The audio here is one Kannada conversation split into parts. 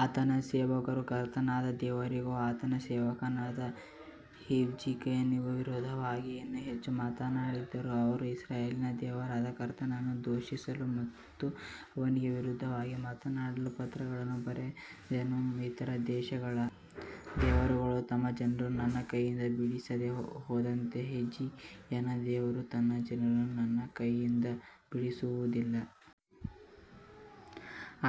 ಆತನ ಸೇವಕರು ಕರ್ತನಾದ ದೇವರಿಗೂ ಆತನ ಸೇವಕನಾದ ಹಿಜ್ಕೀಯನಿಗೂ ವಿರೋಧವಾಗಿ ಇನ್ನೂ ಹೆಚ್ಚು ಮಾತಾಡಿದರು ಅವನು ಇಸ್ರಾಯೇಲಿನ ದೇವರಾದ ಕರ್ತನನ್ನು ದೂಷಿಸಲು ಮತ್ತು ಅವನಿಗೆ ವಿರುದ್ಧವಾಗಿ ಮಾತನಾಡಲು ಪತ್ರಗಳನ್ನು ಬರೆದನು ಇತರ ದೇಶಗಳ ದೇವರುಗಳು ತಮ್ಮ ಜನರನ್ನು ನನ್ನ ಕೈಯಿಂದ ಬಿಡಿಸದೆ ಹೋದಂತೆ ಹಿಜ್ಕೀಯನ ದೇವರು ತನ್ನ ಜನರನ್ನು ನನ್ನ ಕೈಯಿಂದ ಬಿಡಿಸುವುದಿಲ್ಲ.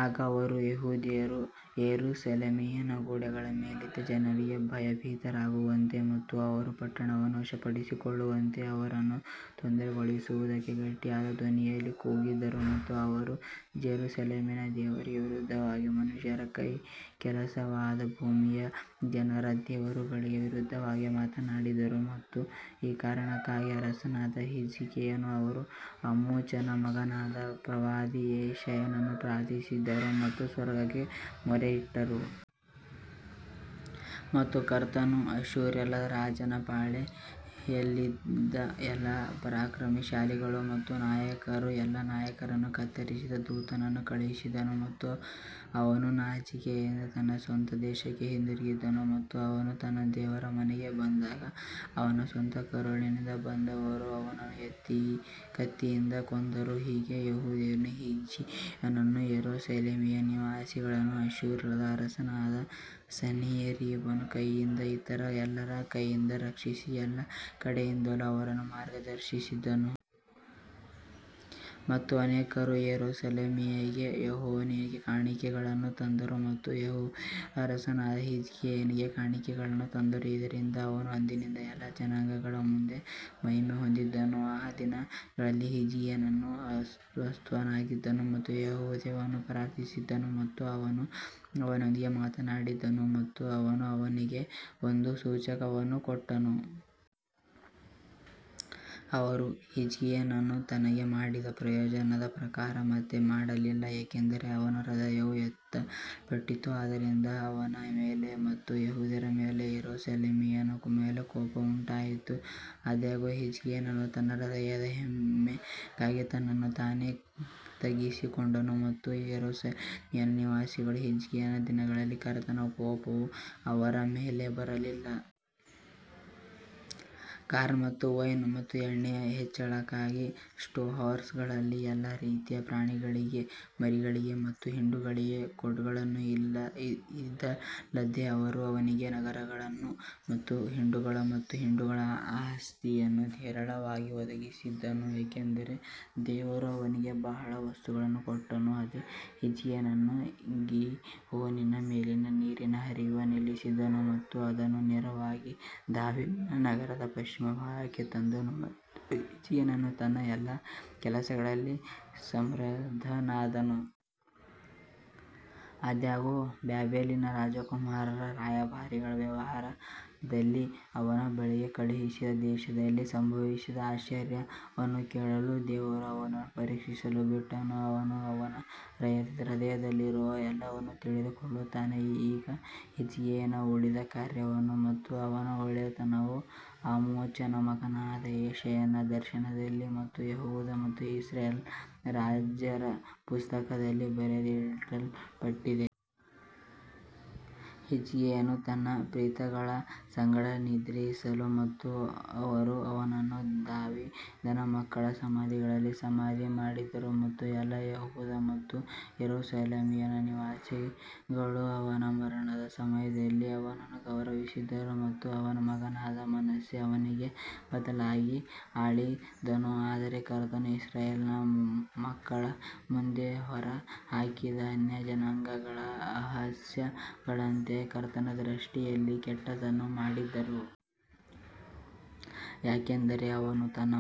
ಆಗ ಅವರು ಯೆಹೂದ್ಯರು ಯೆರೂಸಲೇಮಿನ ಗೋಡೆಯ ಮೇಲಿದ್ದ ಜನರಿಗೆ ಭಯಭೀತರಾಗುವಂತೆ ಮತ್ತು ಅವರು ಪಟ್ಟಣವನ್ನು ವಶಪಡಿಸಿಕೊಳ್ಳುವಂತೆ ಅವರನ್ನು ತೊಂದರೆಗೊಳಿಸುವಂತೆ ಗಟ್ಟಿಯಾದ ಧ್ವನಿಯಲ್ಲಿ ಕೂಗಿದರು. ಮತ್ತು ಅವರು ಜೆರುಸಲೇಮಿನ ದೇವರಿಗೆ ವಿರುದ್ಧವಾಗಿ ಮನುಷ್ಯರ ಕೈಕೆಲಸವಾದ ಭೂಮಿಯ ಜನರ ದೇವರುಗಳಿಗೆ ವಿರುದ್ಧವಾಗಿ ಮಾತನಾಡಿದರು. ಮತ್ತು ಈ ಕಾರಣಕ್ಕಾಗಿ ಅರಸನಾದ ಹಿಜ್ಕೀಯನು ಮತ್ತು ಆಮೋಚನ ಮಗನಾದ ಪ್ರವಾದಿ ಯೆಶಾಯನು ಪ್ರಾರ್ಥಿಸಿದರು ಮತ್ತು ಸ್ವರ್ಗಕ್ಕೆ ಮೊರೆಯಿಟ್ಟರು. ಮತ್ತು ಕರ್ತನು ಅಶ್ಶೂರದ ರಾಜನ ಪಾಳೆಯದಲ್ಲಿದ್ದ ಎಲ್ಲಾ ಪರಾಕ್ರಮಶಾಲಿಗಳನ್ನು ಮತ್ತು ನಾಯಕರನ್ನು ಮತ್ತು ನಾಯಕರನ್ನು ಕತ್ತರಿಸಿದ ದೂತನನ್ನು ಕಳುಹಿಸಿದನು ಮತ್ತು ಅವನು ನಾಚಿಕೆಯಿಂದ ತನ್ನ ಸ್ವಂತ ದೇಶಕ್ಕೆ ಹಿಂದಿರುಗಿದನು ಮತ್ತು ಅವನು ತನ್ನ ದೇವರ ಮನೆಗೆ ಬಂದಾಗ ಅವನ ಸ್ವಂತ ಕರುಳಿನಿಂದ ಬಂದವರು ಅವನನ್ನು ಕತ್ತಿಯಿಂದ ಕೊಂದರು ಹೀಗೆ ಯೆಹೋವನು ಹಿಜ್ಕೀಯನನ್ನೂ ಯೆರೂಸಲೇಮಿನ ನಿವಾಸಿಗಳನ್ನೂ ಅಶ್ಶೂರದ ಅರಸನಾದ ಸನ್ಹೇರೀಬನ ಕೈಯಿಂದಲೂ ಇತರ ಎಲ್ಲರ ಕೈಯಿಂದಲೂ ರಕ್ಷಿಸಿ ಎಲ್ಲಾ ಕಡೆಯಿಂದಲೂ ಅವರನ್ನು ಮಾರ್ಗದರ್ಶಿಸಿದನು. ಮತ್ತು ಅನೇಕರು ಯೆರೂಸಲೇಮಿಗೆ ಯೆಹೋವನಿಗೆ ಕಾಣಿಕೆಗಳನ್ನು ತಂದರು ಮತ್ತು ಯೆಹೂದದ ಅರಸನಾದ ಹಿಜ್ಕೀಯನಿಗೆ ಕಾಣಿಕೆಗಳನ್ನು ತಂದರು, ಇದರಿಂದ ಅವನು ಅಂದಿನಿಂದ ಎಲ್ಲಾ ಜನಾಂಗಗಳ ಮುಂದೆ ಮಹಿಮೆ ಹೊಂದಿದನು. ಆ ದಿನಗಳಲ್ಲಿ ಹಿಜ್ಕೀಯನು ಅಸ್ವಸ್ಥನಾಗಿದ್ದನು ಮತ್ತು ಯೆಹೋವನನ್ನು ಪ್ರಾರ್ಥಿಸಿದನು ಮತ್ತು ಅವನು ಅವನೊಂದಿಗೆ ಮಾತಾಡಿದನು ಮತ್ತು ಅವನು ಅವನಿಗೆ ಒಂದು ಸೂಚಕವನ್ನು ಕೊಟ್ಟನು. ಆದರೆ ಹಿಜ್ಕೀಯನು ತನಗೆ ಮಾಡಿದ ಪ್ರಯೋಜನದ ಪ್ರಕಾರ ಮತ್ತೆ ಮಾಡಲಿಲ್ಲ, ಏಕೆಂದರೆ ಅವನ ಹೃದಯವು ಎತ್ತಲ್ಪಟ್ಟಿತು, ಆದ್ದರಿಂದ ಅವನ ಮೇಲೆ ಮತ್ತು ಯೆಹೂದ ಮತ್ತು ಯೆರೂಸಲೇಮಿನ ಮೇಲೆ ಕೋಪ ಉಂಟಾಯಿತು. ಆದಾಗ್ಯೂ ಹಿಜ್ಕೀಯನು ತನ್ನ ಹೃದಯದ ಹೆಮ್ಮೆಗಾಗಿ ತನ್ನನ್ನು ತಾನೇ ತಗ್ಗಿಸಿಕೊಂಡನು ಮತ್ತು ಯೆರೂಸಲೇಮಿನ ನಿವಾಸಿಗಳು ಹಿಜ್ಕೀಯನ ದಿನಗಳಲ್ಲಿ ಕರ್ತನ ಕೋಪವು ಅವರ ಮೇಲೆ ಬರಲಿಲ್ಲ. ಕಾರ್ನ್ ಮತ್ತು ವೈನ್ ಮತ್ತು ಎಣ್ಣೆಯ ಹೆಚ್ಚಳಕ್ಕಾಗಿ ಸ್ಟೋರ್ಹೌಸ್ಗಳು ಮತ್ತು ಎಲ್ಲಾ ರೀತಿಯ ಪ್ರಾಣಿಗಳಿಗೆ ಮಳಿಗೆಗಳು ಮತ್ತು ಹಿಂಡುಗಳಿಗೆ ಕೋಟ್ಗಳು ಇದಲ್ಲದೆ ಅವನು ಅವನಿಗೆ ನಗರಗಳನ್ನು ಮತ್ತು ಹಿಂಡುಗಳು ಮತ್ತು ಹಿಂಡುಗಳ ಆಸ್ತಿಯನ್ನು ಹೇರಳವಾಗಿ ಒದಗಿಸಿದನು, ಏಕೆಂದರೆ ದೇವರು ಅವನಿಗೆ ಬಹಳ ವಸ್ತುವನ್ನು ಕೊಟ್ಟನು. ಅದೇ ಹಿಜ್ಕೀಯನು ಗೀಹೋನಿನ ಮೇಲಿನ ನೀರಿನ ಹರಿವನ್ನು ನಿಲ್ಲಿಸಿದನು ಮತ್ತು ಅದನ್ನು ನೇರವಾಗಿ ದಾವೀದನ ನಗರದ ಪಶ್ಚಿಮ ಭಾಗಕ್ಕೆ ತಂದನು ಮತ್ತು ಹಿಜ್ಕೀಯನು ತನ್ನ ಎಲ್ಲಾ ಕೆಲಸಗಳಲ್ಲಿ ಸಮೃದ್ಧನಾದನು. ಆದಾಗ್ಯೂ, ಬಾಬೆಲಿನ ರಾಜಕುಮಾರರ ರಾಯಭಾರಿಗಳ ವ್ಯವಹಾರದಲ್ಲಿ ಅವನ ಬಳಿಗೆ ಕಳುಹಿಸಿದ ದೇಶದಲ್ಲಿ ಸಂಭವಿಸಿದ ಆಶ್ಚರ್ಯವನ್ನು ಕೇಳಲು ದೇವರು ಅವನನ್ನು ಪರೀಕ್ಷಿಸಲು ಬಿಟ್ಟನು, ಅವನು ಅವನ ಹೃದಯದಲ್ಲಿರುವ ಎಲ್ಲವನ್ನೂ ತಿಳಿದುಕೊಳ್ಳುತ್ತಾನೆ. ಈಗ ಹಿಜ್ಕೀಯನ ಉಳಿದ ಕಾರ್ಯಗಳು ಮತ್ತು ಅವನ ಒಳ್ಳೆಯತನವು ಆಮೋಚನ ಮಗನಾದ ಯೆಶಾಯನ ದರ್ಶನದಲ್ಲಿ ಮತ್ತು ಯೆಹೂದ ಮತ್ತು ಇಸ್ರೇಲ್ ರಾಜರ ಪುಸ್ತಕದಲ್ಲಿ ಬರೆಯಲ್ಪಟ್ಟಿದೆ. ಹಿಜ್ಕೀಯನು ತನ್ನ ಪಿತೃಗಳ ಸಂಗಡ ನಿದ್ರಿಸಿದನು ಮತ್ತು ಅವರು ಅವನನ್ನು ದಾವೀದನ ಮಕ್ಕಳ ಸಮಾಧಿಗಳಲ್ಲಿ ಸಮಾಧಿ ಮಾಡಿದರು ಮತ್ತು ಎಲ್ಲಾ ಯೆಹೂದ ಮತ್ತು ಯೆರೂಸಲೇಮಿನ ನಿವಾಸಿಗಳು ಅವನ ಮರಣದ ಸಮಯದಲ್ಲಿ ಅವನನ್ನು ಗೌರವಿಸಿದರು ಮತ್ತು ಅವನ ಮಗನಾದ ಮನಸ್ಸೆ ಅವನಿಗೆ ಬದಲಾಗಿ ಆಳಿದನು. ಆದರೆ ಕರ್ತನು ಇಸ್ರಾಯೇಲ್ ಮಕ್ಕಳ ಮುಂದೆ ಹೊರಹಾಕಿದ ಅನ್ಯಜನಾಂಗಗಳ ಅಸಹ್ಯಗಳಂತೆಯೇ ಕರ್ತನ ದೃಷ್ಟಿಯಲ್ಲಿ ಕೆಟ್ಟದ್ದನ್ನು ಮಾಡಿದರು. ಯಾಕಂದರೆ ಅವನು ತನ್ನ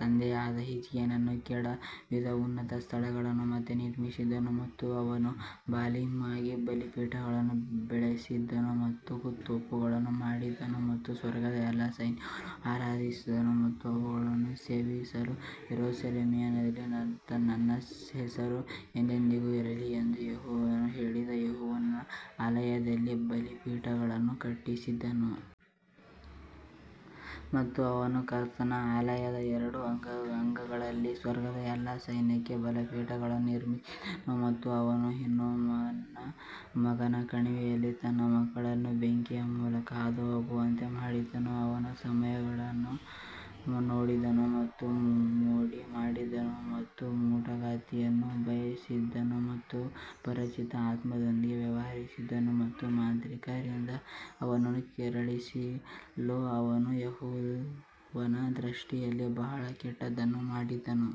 ತಂದೆಯಾದ ಹಿಜ್ಕೀಯನು ಕೆಡವಿದ ಉನ್ನತ ಸ್ಥಳಗಳನ್ನು ಮತ್ತೆ ನಿರ್ಮಿಸಿದನು ಮತ್ತು ಅವನು ಬಾಲಿಮ್ಗಾಗಿ ಬಲಿಪೀಠಗಳನ್ನು ಬೆಳೆಸಿದನು ಮತ್ತು ತೋಪುಗಳನ್ನು ಮಾಡಿದನು ಮತ್ತು ಸ್ವರ್ಗದ ಎಲ್ಲಾ ಸೈನ್ಯವನ್ನು ಆರಾಧಿಸಿದನು ಮತ್ತು ಅವುಗಳನ್ನು ಸೇವಿಸಿದನು. ಯೆರೂಸಲೇಮಿನಲ್ಲಿ ನನ್ನ ಹೆಸರು ಎಂದೆಂದಿಗೂ ಇರಲಿ ಎಂದು ಯೆಹೋವನು ಹೇಳಿದ ಯೆಹೋವನ ಆಲಯದಲ್ಲಿ ಬಲಿಪೀಠಗಳನ್ನು ಕಟ್ಟಿಸಿದನು. ಮತ್ತು ಅವನು ಕರ್ತನ ಆಲಯದ ಎರಡು ಅಂಗಳಗಳಲ್ಲಿ ಸ್ವರ್ಗದ ಎಲ್ಲಾ ಸೈನ್ಯಕ್ಕೆ ಬಲಿಪೀಠಗಳನ್ನು ನಿರ್ಮಿಸಿದನು ಮತ್ತು ಅವನು ಹಿನ್ನೋಮನ ಮಗನ ಕಣಿವೆಯಲ್ಲಿ ತನ್ನ ಮಕ್ಕಳನ್ನು ಬೆಂಕಿಯ ಮೂಲಕ ಹಾದುಹೋಗುವಂತೆ ಮಾಡಿದನು, ಅವನು ಸಮಯಗಳನ್ನು ನೋಡಿದನು ಮತ್ತು ಮೋಡಿಮಾಡಿದನು ಮತ್ತು ಮಾಟಗಾತಿಯನ್ನು ಬಳಸಿದನು ಮತ್ತು ಪರಿಚಿತ ಆತ್ಮದೊಂದಿಗೆ ವ್ಯವಹರಿಸಿದನು ಮತ್ತು ಮಾಂತ್ರಿಕರಿಂದ ಅವನನ್ನು ಕೆರಳಿಸಲು ಅವನು ಯೆಹೋವನ ದೃಷ್ಟಿಯಲ್ಲಿ ಬಹಳ ಕೆಟ್ಟದ್ದನ್ನು ಮಾಡಿದನು.